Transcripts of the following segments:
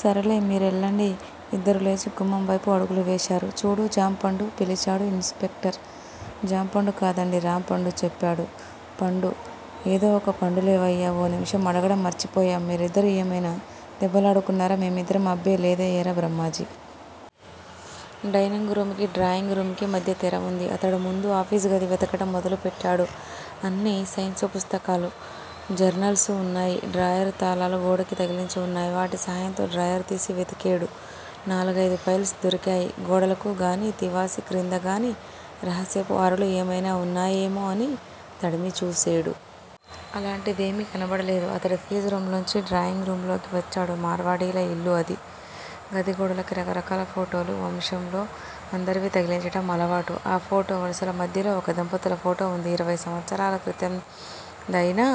సరేలే మీ రెళ్ళండి! ఇద్దరూ లేచి గుమ్మం వైపు అడుగులు వేశారు. చూడు జాంపండూ! పిలిచాడు ఇన్స్ పెక్టర్. జాంపండు కాదండీ! రాంపండు చెప్పాడు పండు. ఏదో ఒక పండులేవయ్యా! ఓ నిమిషం అడగడం మర్చిపోయాం మీరిద్దరూ ఏమయినా దెబ్బలాడుకున్నారా? మేమిద్దరమా? అబ్బే లేదే ఏరా బ్రహ్మాజీ! డైనింగు రూముకీ, డ్రాయింగ్ రూమ్ కీ మధ్య తెర వుంది. అతడు ముందు ఆఫీసు గది వెతకటం మొదలుపెట్టాడు. అన్నీ సైన్సు పుస్తకాలూ, జర్నల్సూ వున్నాయి. డ్రాయరు తాళాలు గోడకి తగిలించి వున్నాయి. వాటి సాయంతో డ్రాయరుతీసి వెతికేడు. నాలుగైదు ఫైల్స్ దొరికాయి. గోడలకు గానీ, తివాసీ క్రిందగానీ రహస్యపు అరలు ఏమైనా వున్నాయేమో అని తడిమి చూసేడు. అలాంటిదేమీ కనబడలేదు. అతడు ఫీజు రూమ్ లోంచి డ్రాయింగ్ రూమ్ లోకి వచ్చాడు. మార్వాడీల ఇల్లు అది. గది గోడలకి రకరకాల ఫోటోలు వంశంలో అందరివీ తగిలించటం అలవాటు. ఆ ఫోటో వరుసల మధ్యలో ఒక దంపతుల ఫోటో వుంది. ఇరవై సంవత్సరాల క్రితందయినా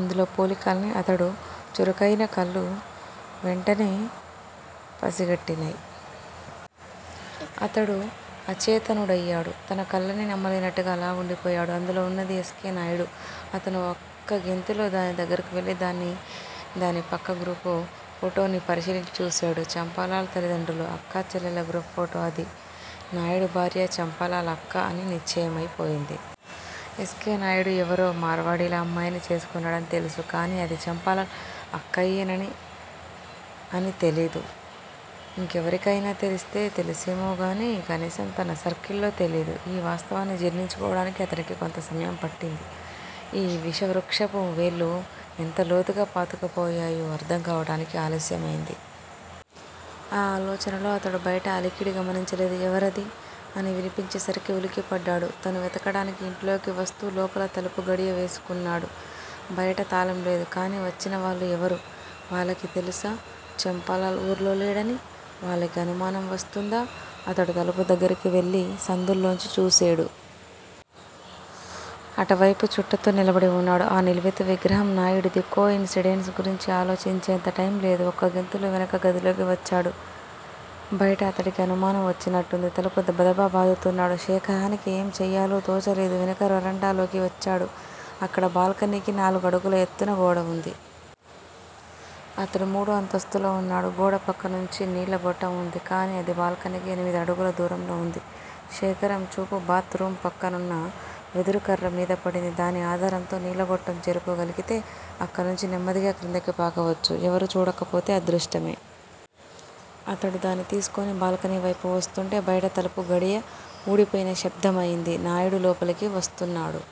అందులో పోలికల్ని అతడి చురుకయిన కళ్ళు వెంటనే పసిగట్టినయ్. అతడు అచేతనుడయ్యాడు. తన కళ్ళనే నమ్మలేనట్టుగా అలా వుండిపోయాడు. అందులో వున్నది ఎస్. కె. నాయుడు. అతను ఒక్కగెంతులో దాని దగ్గిరకి వెళ్ళి దాన్నీ, దాని పక్క గ్రూపు ఫోటోనీ పరిశీలించి చూసేడు. చంపాలాల్ తల్లిదండ్రులు, అక్క చెల్లెళ్ళ గ్రూప్ ఫోటో అది. నాయుడు భార్య, చంపాలాల్ అక్క అని నిశ్చయమై పోయింది. ఎస్. కె. నాయుడు ఎవరో మార్వాడీల అమ్మాయిని చేసుకున్నాడని తెలుసు కానీ, అది చంపాలాల్ అక్కయ్యనే అని తెలీదు. ఇంకెవరికయినా తెలిస్తే తెలుసేమోగానీ, కనీసం తన సర్కిల్ లో తెలీదు. ఈ వాస్తవాన్ని జీర్ణించుకోవడానికి అతడికి కొంత సమయం పట్టింది. ఈ విషవృక్షపు వేళ్ళు ఎంత లోతుగా పాతుకుపోయాయో అర్థం కావటానికి ఆలస్యమైంది. ఆ ఆలోచనలో అతడు బయట అలికిడి గమనించలేదు. ఎవరది? అని వినిపించేసరికి ఉలిక్కిపడ్డాడు. తను వెతకటానికి ఇంట్లోకి వస్తూ లోపల తలుపు గడియ వేసుకున్నాడు. బయట తాళం లేదు. కానీ వచ్చినవాళ్ళు ఎవరు? వాళ్ళకి తెలుసా చంపాలాల్ ఊర్లో లేడని? వాళ్ళకి అనుమానం వస్తుందా? అతడు తలుపు దగ్గిరకి వెళ్ళి సందుల్లోంచి చూసేడు. అటవైపు చుట్టతో నిలబడి వున్నాడు. ఆ నిలువెత్తు విగ్రహం నాయుడిది. కో-ఇన్సిడెన్స్ గురించి ఆలోచించేంత టైమ్ లేదు. ఒక్క గెంతులో వెనుక గదిలోకి వచ్చాడు. బయట అతడికి అనుమానం వచ్చినట్టుంది. తలుపు దబదబా బాదుతున్నాడు. శేఖరానికి ఏం చెయ్యాలో తోచలేదు. వెనుక వరండాలోకి వచ్చాడు. అక్కడ బాల్కనీకి నాలుగు అడుగుల ఎత్తున గోడ వుంది. అతడు మూడో అంతస్తులో వున్నాడు. గోడపక్కనుంచి నీళ్ళ గొట్టం వుంది. కానీ అది బాల్కనీకి ఎనిమిది అడుగుల దూరంలో ఉంది. శేఖరం చూపు బాత్ రూము పక్కనున్న వెదురుకర్ర మీద పడింది. దాని ఆధారంతో నీళ్ళ గొట్టం చేరుకోగలిగితే, అక్కణ్నించి నెమ్మదిగా క్రిందికి పాకవచ్చు, ఎవరూ చూడకపోతే అదృష్టమే. అతడు దాన్ని తీసుకుని బాల్కనీవైపు వస్తుంటే- బయట తలుపు గడియ వూడిపోయిన శబ్దమయింది. నాయుడు లోపలికి వస్తున్నాడు.